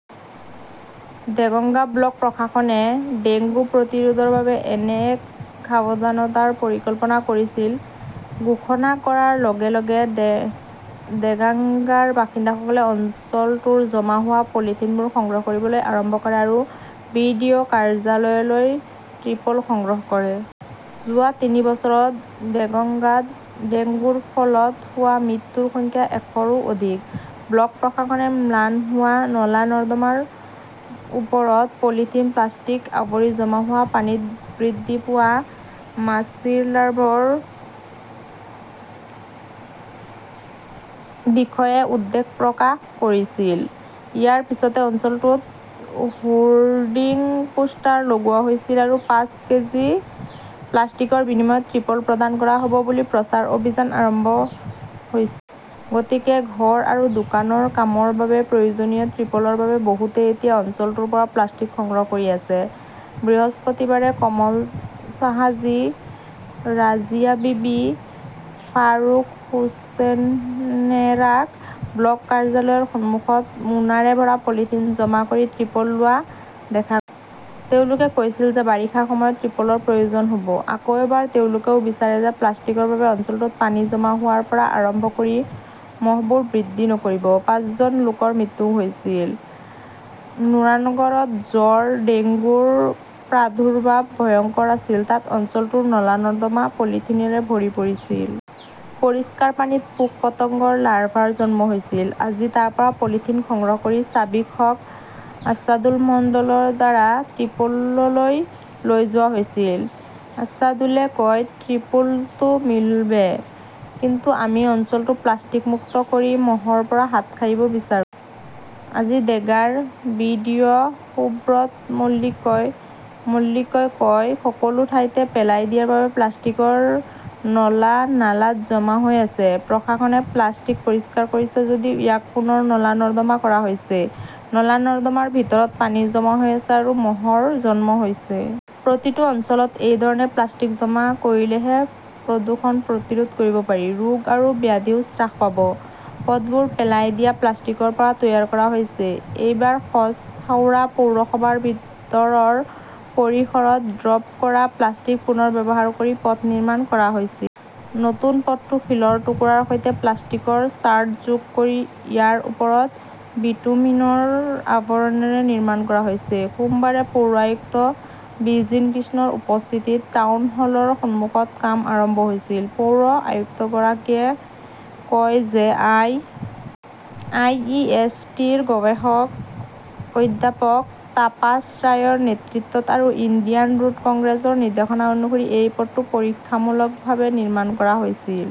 Deganga block প্ৰশাসনে dengue প্ৰতিৰোধৰ বাবে এনে এক সাৱধানতাৰ পৰিকল্পনা কৰিছিল। ঘোষণা কৰাৰ লগে -লগে দেগাঙ্গাৰ বাসিন্দাসকলে অঞ্চলটোৰ জমা হোৱা পলিথিনবোৰ সংগ্ৰহ কৰিবলৈ আৰম্ভ কৰে আৰু বি. ডি. অ কাৰ্যালয়লৈ ট্ৰিপল সংগ্ৰহ কৰে। যোৱা তিনি বছৰত দেগঙ্গাত ডেংগুৰ ফলত হোৱা মৃত্যুৰ সংখ্যা এশৰো অধিক। ব্লক প্ৰশাসনে ম্লান হোৱা নলা-নৰ্দমাৰ ওপৰত পলিথিন, প্লাষ্টিক আৱৰি জমা হোৱা পানীত বৃদ্ধি পোৱা মাছিৰ লাৰ্ভৰ বিষয়ে উদ্বেগ প্ৰকাশ কৰিছিল। ইয়াৰ পিছতে অঞ্চলটোত হোৰ্ডিং, পোষ্টাৰ লগোৱা হৈছিল আৰু পাঁচ কেজি প্লাষ্টিকৰ বিনিময়ত ত্ৰিপল প্ৰদান কৰা হ'ব বুলি প্ৰচাৰ অভিযান আৰম্ভ হৈছি। গতিকে ঘৰ আৰু দোকানৰ কামৰ বাবে প্ৰয়োজনীয় ত্ৰিপলৰ বাবে বহুতে এতিয়া অঞ্চলটোৰ পৰা প্লাষ্টিক সংগ্ৰহ কৰি আছে। বৃহস্পতিবাৰে কমল চাহাজী, ৰাজিয়া বিবি, ফাৰুক হোছেনেৰাক ব্লক কাৰ্যালয়ৰ সন্মুখত মোনাৰে ভৰা পলিথিন জমা কৰি ট্ৰিপল লোৱা দেখা গৈছিল। তেওঁলোকে কৈছিল যে, বাৰিষাৰ সময়ত ত্ৰিপলৰ প্ৰয়োজন হ 'ব ।আকৌ এবাৰ তেওঁলোকেও বিচাৰে যে প্লাষ্টিকৰ বাবে অঞ্চলটোত পানী জমা হোৱাৰ পৰা আৰম্ভ কৰি মহবোৰ বৃদ্ধি নকৰিব। পাঁচজন লোকৰ মৃত্যুও হৈছিল। নুৰানগৰত জ্বৰ, ডেংগুৰ প্ৰাদুৰ্ভাৱ ভয়ংকৰ আছিল তাত অঞ্চলটোৰ নলা-নৰ্দমা পলিথিনৰে ভৰি পৰিছিল। পৰিষ্কাৰ পানীত পোক-পতংগৰ লাৰ্ভাৰ জন্ম হৈছিল। আজি তাৰ পৰা পলিথিন সংগ্ৰহ কৰি চাবিক হক, আশাদুল মণ্ডলৰ দ্বাৰা ত্ৰিপললৈ লৈ যোৱা হৈছিল। আশাদুলে কয়, ত্ৰিপল তো মিলবে। কিন্তু আমি অঞ্চলটো প্লাষ্টিক মুক্ত কৰি মহৰ পৰা হাত সাৰিব বিচাৰো। আজি দেগাৰ বি. ডি. অ সুব্ৰত মল্লিকই কয়, সকলো ঠাইতে পেলাই দিয়াৰ বাবে প্লাষ্টিকৰ নলা নালাত জমা হৈ আছে। প্ৰশাসনে প্লাষ্টিক পৰিষ্কাৰ কৰিছে যদিও ইয়াক পুনৰ নলা-নৰ্দমা কৰা হৈছে। নলা-নৰ্দমাৰ ভিতৰত পানী জমা হৈ আছে আৰু মহৰ জন্ম হৈছে। প্ৰতিটো অঞ্চলত এই ধৰণে প্লাষ্টিক জমা কৰিলেহে প্ৰদূষণ প্ৰতিৰোধ কৰিব পাৰি। ৰোগ আৰু ব্যাধিও হ্ৰাস পাব। পথবোৰ পেলাই দিয়া প্লাষ্টিকৰ পৰা তৈয়াৰ কৰা হৈছে এইবাৰ খছ হাওৰা পৌৰসভাৰ ভিতৰৰ পৰিসৰত ড্ৰপ কৰা প্লাষ্টিক পুনৰ ব্যৱহাৰ কৰি পথ নিৰ্মাণ কৰা হৈছিল। নতুন পথটো শিলৰ টুকুৰাৰ সৈতে প্লাষ্টিকৰ ছাৰ্ট যোগ কৰি ইয়াৰ ওপৰত বিটুমিনৰ আৱৰণৰে নিৰ্মাণ কৰা হৈছে। সোমবাৰে পৌৰ আয়ুক্ত বিজিন কৃষ্ণৰ উপস্থিতিত টাউন হলৰ সন্মুখত কাম আৰম্ভ হৈছিল। পৌৰ আয়ুক্তগৰাকীয়ে কয় যে I. I. E. S. T. -ৰ গৱেষক অধ্যাপক তাপাস ৰায়ৰ নেতৃত্বত আৰু ইণ্ডিয়ান ৰোড কংগ্ৰেছৰ নিৰ্দেশনা অনুসৰি এই পথটো পৰীক্ষামূলকভাৱে নিৰ্মাণ কৰা হৈছিল।